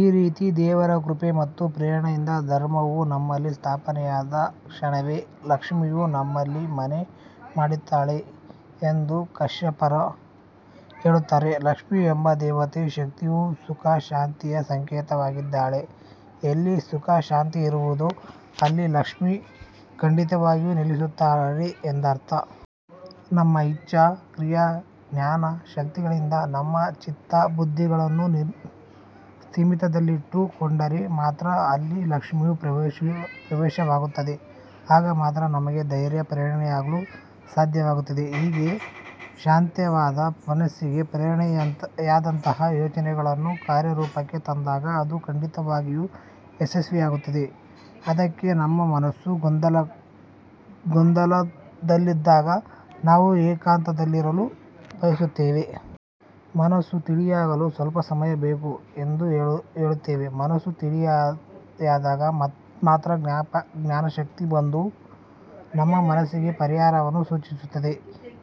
ಈ ರೀತಿ ದೇವರ ಕೃಪೆ ಮತ್ತು ಪ್ರೇರಣೆಯಿಂದ ಧರ್ಮವು ನಮ್ಮಲ್ಲಿ ಸ್ಥಾಪನೆಯಾದ ಕ್ಷಣವೇ ಲಕ್ಷ್ಮಿಯು ನಮ್ಮಲ್ಲಿ ಮನೆ ಮಾಡುತ್ತಾಳೆ ಎಂದು ಕಶ್ಯಪರು ಹೇಳುತ್ತಾರೆ. ಲಕ್ಷ್ಮಿ ಎಂಬ ದೇವತಾ ಶಕ್ತಿಯು ಸುಖ ಶಾಂತಿಯ ಸಂಕೇತವಾಗಿದ್ದಾಳೆ. ಎಲ್ಲಿ ಸುಖ ಶಾಂತಿ ಇರುವುದೋ ಅಲ್ಲಿ ಲಕ್ಷ್ಮಿ ಖಂಡಿತವಾಗಿಯೂ ನೆಲೆಸಿರುತ್ತಾಳೆ ಎಂದರ್ಥ. ನಮ್ಮ ಇಚ್ಛಾ, ಕ್ರಿಯಾ, ಜ್ಞಾನ ಶಕ್ತಿಗಳಿಂದ ನಮ್ಮ ಚಿತ್ತ, ಬುದ್ಧಿಗಳನ್ನು ಸ್ಥಿಮಿತದಲ್ಲಿಟ್ಟು ಕೊಂಡರೆ ಮಾತ್ರ ಅಲ್ಲಿ ಲಕ್ಷ್ಮಿಯ ಪ್ರವೇಶವಾಗುತ್ತದೆ. ಆಗ ಮಾತ್ರ ನಮಗೆ ದೈವ ಪ್ರೇರಣೆಯಾಗಲು ಸಾಧ್ಯವಾಗುತ್ತದೆ. ಹೀಗೆ ಶಾಂತವಾದ ಮನಸ್ಸಿಗೆ ಪ್ರೇರಣೆಯಾದಂತಹ ಯೋಚನೆಗಳನ್ನು ಕಾರ್ಯರೂಪಕ್ಕೆ ತಂದಾಗ ಅದು ಖಂಡಿತವಾಗಿಯೂ ಯಶಸ್ವಿಯಾಗುತ್ತದೆ. ಅದಕ್ಕೆ ನಮ್ಮ ಮನಸ್ಸು ಗೊಂದಲದಲ್ಲಿದ್ದಾಗ ನಾವು ಏಕಾಂತದಲ್ಲಿರಲು ಬಯಸುತ್ತೇವೆ. ಮನಸ್ಸು ತಿಳಿಯಾಗಲು ಸ್ವಲ್ಪ ಸಮಯ ಬೇಕು ಎಂದು ಹೇಳುತ್ತೇವೆ. ಮನಸ್ಸು ತಿಳಿಯಾದಾಗ ಮಾತ್ರ ಜ್ಞಾನಶಕ್ತಿ ಬಂದು ನಮ್ಮ ಮನಸ್ಸಿಗೆ ಪರಿಹಾರವನ್ನು ಸೂಚಿಸುತ್ತದೆ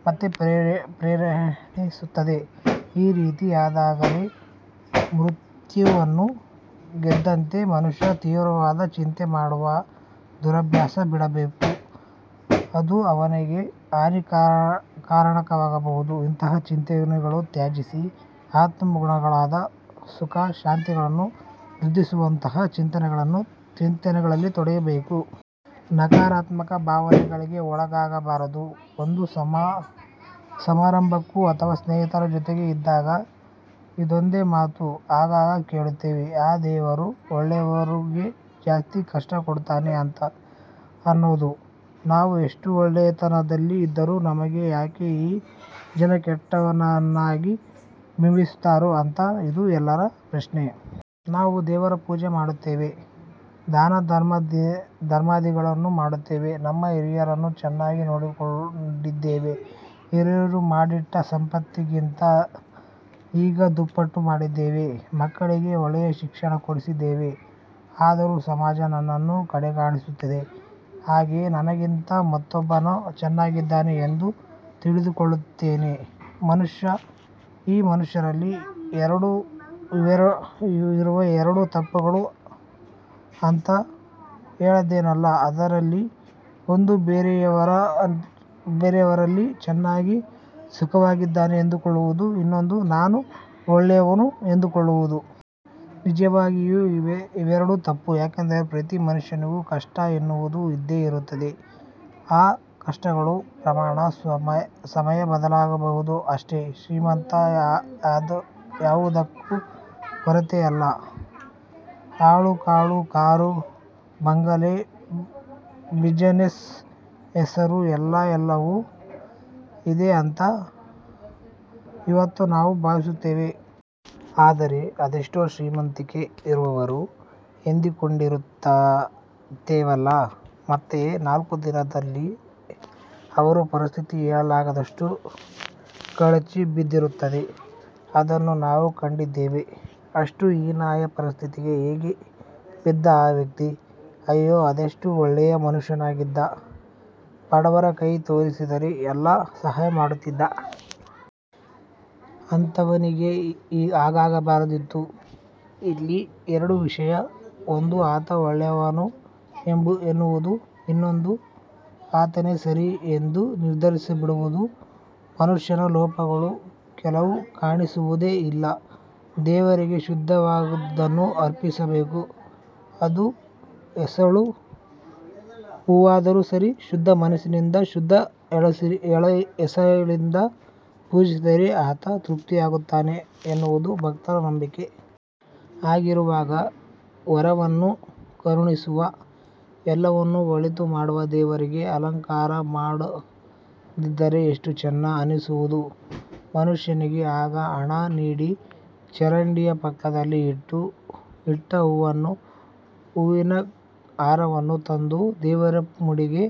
ಮತ್ತು ಪ್ರೇರೇಪಿಸುತ್ತದೆ. ಈ ರೀತಿ ಆದಾಗಲೇ ಮೃತ್ಯುವನ್ನು ಗೆದ್ದಂತೆ. ಮನುಷ್ಯ ತೀವ್ರವಾದ ಚಿಂತೆ ಮಾಡುವ ದುರಭ್ಯಾಸವನ್ನು ಬಿಡಬೇಕು. ಅದು ಅವನಿಗೆ ಹಾನಿಕಾರಕವಾಗಬಹುದು. ಇಂತಹ ಚಿಂತೆಗಳನ್ನು ತ್ಯಜಿಸಿ, ಆತ್ಮಗುಣಗಳಾದ ಸುಖ ಶಾಂತಿಗಳನ್ನು ವೃದ್ಧಿಸುವಂತಹ ಚಿಂತನೆಗಳಲ್ಲಿ ತೊಡಗಬೇಕು. ನಕಾರಾತ್ಮಕ ಭಾವನೆಗಳಿಗೆ ಒಳಗಾಗಬಾರದು. ಒಂದು ಸಮಾರಂಭಕ್ಕೋ, ಅಥವಾ ಸ್ನೇಹಿತರ ಜೊತೆಗೋ ಇದ್ದಾಗ ಇದೊಂದು ಮಾತು ಆಗಾಗ ಕೇಳುತ್ತೇವೆ. ಆ ದೇವರು ಒಳ್ಳೆಯವರಿಗೆ ಜಾಸ್ತಿ ಕಷ್ಟ ಕೊಡ್ತಾನೆ ಅಂತ. ಇನ್ನೊಂದು ನಾವು ಎಷ್ಟು ಒಳ್ಳೆತನದಲ್ಲಿ ಇದ್ದರೂ ನಮಗೆ ಯಾಕೆ ಈ ಜನ ಕೆಟ್ಟವನನ್ನಾಗಿ ಬಿಂಬಸ್ತಾರೋ ಅಂತ. ಇದು ಎಲ್ಲರ ಪ್ರಶ್ನೆ. ನಾವು ದೇವರ ಪೂಜೆ ಮಾಡ್ತೇವೆ. ದಾನ ಧರ್ಮಾದಿಗಳನ್ನು ಮಾಡ್ತೇವೆ. ನಮ್ಮ ಹಿರಿಯರನ್ನು ಚೆನ್ನಾಗಿ ನೋಡಿಕೊಂಡಿದ್ದೇವೆ. ಹಿರಿಯರು ಮಾಡಿಟ್ಟ ಸಂಪತ್ತಿಗಿಂತ ಈಗ ದುಪ್ಪಟ್ಟು ಮಾಡಿದ್ದೇವೆ, ಮಕ್ಕಳಿಗೆ ಒಳ್ಳೆಯ ಶಿಕ್ಷಣ ಕೊಡಿಸಿದ್ದೇವೆ ಆದರೂ ಸಮಾಜ ನನ್ನನ್ನು ಕಡೆಗಾಣಿಸುತ್ತದೆ. ಹಾಗೆ ನನಗಿಂತ ಮತ್ತೊಬ್ಬನು ಚೆನ್ನಾಗಿದ್ದಾನೆ ಎಂದು ತಿಳಿದುಕೊಳ್ಳುತ್ತಾನೆ ಮನುಷ್ಯ. ಈ ಮನುಷ್ಯನಲ್ಲಿ ಇರುವ ಎರಡು ತಪ್ಪುಗಳು ಅಂತ ಹೇಳಿದೆನಲ್ಲ ಅದರಲ್ಲಿ ಒಂದು ಬೇರೆಯವರೆಲ್ಲ ಚೆನ್ನಾಗಿ ಸುಖವಾಗಿದ್ದಾನೆ ಎಂದುಕೊಳ್ಳುವುದು ಇನ್ನೊಂದು ನಾನು ಒಳ್ಳೆಯವನು ಎಂದುಕೊಳ್ಳುವುದು. ನಿಜವಾಗಿ ಇದೆರಡು ತಪ್ಪೆ. ಯಾಕೆಂದರೆ ಪ್ರತೀ ಮನುಷ್ಯನಿಗೂ ಕಷ್ಟ ಎನ್ನುವದು ಇದ್ದೆ ಇರುತ್ತದೆ. ಆ ಕಷ್ಟಗಳ ಪ್ರಮಾಣ, ಸಮಯ ಬದಲಾಗಿರಬಹುದು ಅಷ್ಟೆ. ಶ್ರೀಮಂತ ಯಾವುದಕ್ಕೂ ಕೊರತೆ ಇಲ್ಲ. ಆಳು ಕಾಳು ಕಾರು ಬಂಗಲೆ ಬಿಜನೆಸ್ಸು ಹೆಸರು ಎಲ್ಲ ಎಲ್ಲವೂ ಇದೆ ಅಂತ ಇವತ್ತು ನಾವು ಭಾವಿಸುತ್ತೆವೆ. ಆದರೆ ಅದೆಷ್ಟೋ ಶ್ರೀಮಂತಿಕೆ ಇರುವವರು ಎಂದುಕೊಂಡಿರುತ್ತೇವಲ್ಲ ಮತ್ತೆ ನಾಲ್ಕೇ ದಿನದಲ್ಲಿ ಅವರ ಪರಿಸ್ಥಿತಿ ಹೇಳಲಾಗದಷ್ಟು ಕಳಚಿ ಬಿದ್ದಿರುತ್ತದೆ. ಇದನ್ನು ನಾವು ಕಂಡಿದ್ದೇವೆ. ಅಷ್ಟು ಹೀನಾಯ ಪರಿಸ್ಥಿತಿಗೆ ಹೇಗೆ ಬಿದ್ದ ಆ ವ್ಯಕ್ತಿ? ಅಯ್ಯೋ ಅದೆಷ್ಟು ಒಳ್ಳೆಯ ಮನುಷ್ಯನಾಗಿದ್ದ. ಬಡವರು ಕೈ ತೋರಿಸಿದರೆ ಎಲ್ಲ ಸಹಾಯ ಮಾಡುತ್ತಿದ್ದ. ಅಂಥವನಿಗೆ ಹಾಗಾಗಬಾರದಿತ್ತು. ಇಲ್ಲಿ ಎರಡು ವಿಷಯ. ಒಂದು ಆತ ಒಳ್ಳೆಯವನು ಎನ್ನುವುದು, ಇನ್ನೊಂದು ಆತನೇ ಸರಿ ಎಂದು ನಿರ್ಧರಿಸಿಬಿಡುವುದು. ಮನುಷ್ಯನ ಲೋಪಗಳು ಕೆಲವು ಕಾಣಿಸುವುದೇ ಇಲ್ಲ. ದೇವರಿಗೆ ಶುದ್ಧವಾದದ್ದನ್ನು ಅರ್ಪಿಸಬೇಕು. ಅದು ಎಸಳು ಹೂವಾದರೂ ಸರಿ ಶುದ್ಧ ಮನಸ್ಸಿಂದ ಶುದ್ದ ಎಸಳಿಂದ ಪೂಜಿಸಿದರೆ ಆತ ತೃಪ್ತಿಯಾಗುತ್ತಾನೆ ಎನ್ನುವುದು ಭಕ್ತರ ನಂಬಿಕೆ. ಹಾಗಿರುವಾಗ ವರವನ್ನು ಕರುಣಿಸುವ, ಎಲ್ಲವನ್ನು ಒಳಿತು ಮಾಡುವ ದೇವರಿಗೆ ಅಲಂಕಾರ ಮಾಡದಿದ್ದರೆ ಎಷ್ಟು ಚೆನ್ನ ಅನ್ನಿಸುವುದು ಮನುಷ್ಯನಿಗೆ. ಆಗ ಹಣ ನೀಡಿ ಚರಂಡಿಯ ಪಕ್ಕದಲ್ಲಿ ಇಟ್ಟ ಹೂವನ್ನು, ಹೂವಿನ ಹಾರವನ್ನು ತಂದು ದೇವರ ಮುಡಿಗೆ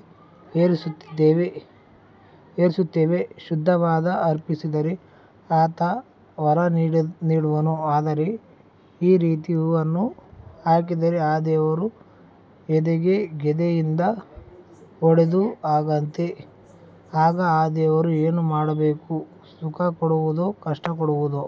ಏರಿಸುತ್ತೇವೆ. ಶುದ್ಧವಾದದ್ದು ಅರ್ಪಿಸಿದರೆ ಆತ ವರ ನೀಡುವನು. ಆದರೆ ಈ ರೀತಿಯ ಹೂವನ್ನು ಹಾಕಿದಾಗ ಆ ದೇವರ ಎದೆಗೆ ಗದೆಯಿಂದ ಹೊಡೆದ ಹಾಗಂತೆ. ಆಗ ಆ ದೇವರು ಏನು ಮಾಡಬೇಕು, ಸುಖ ಕೊಡುವುದೋ, ಕಷ್ಟ ಕೊಡುವುದೋ.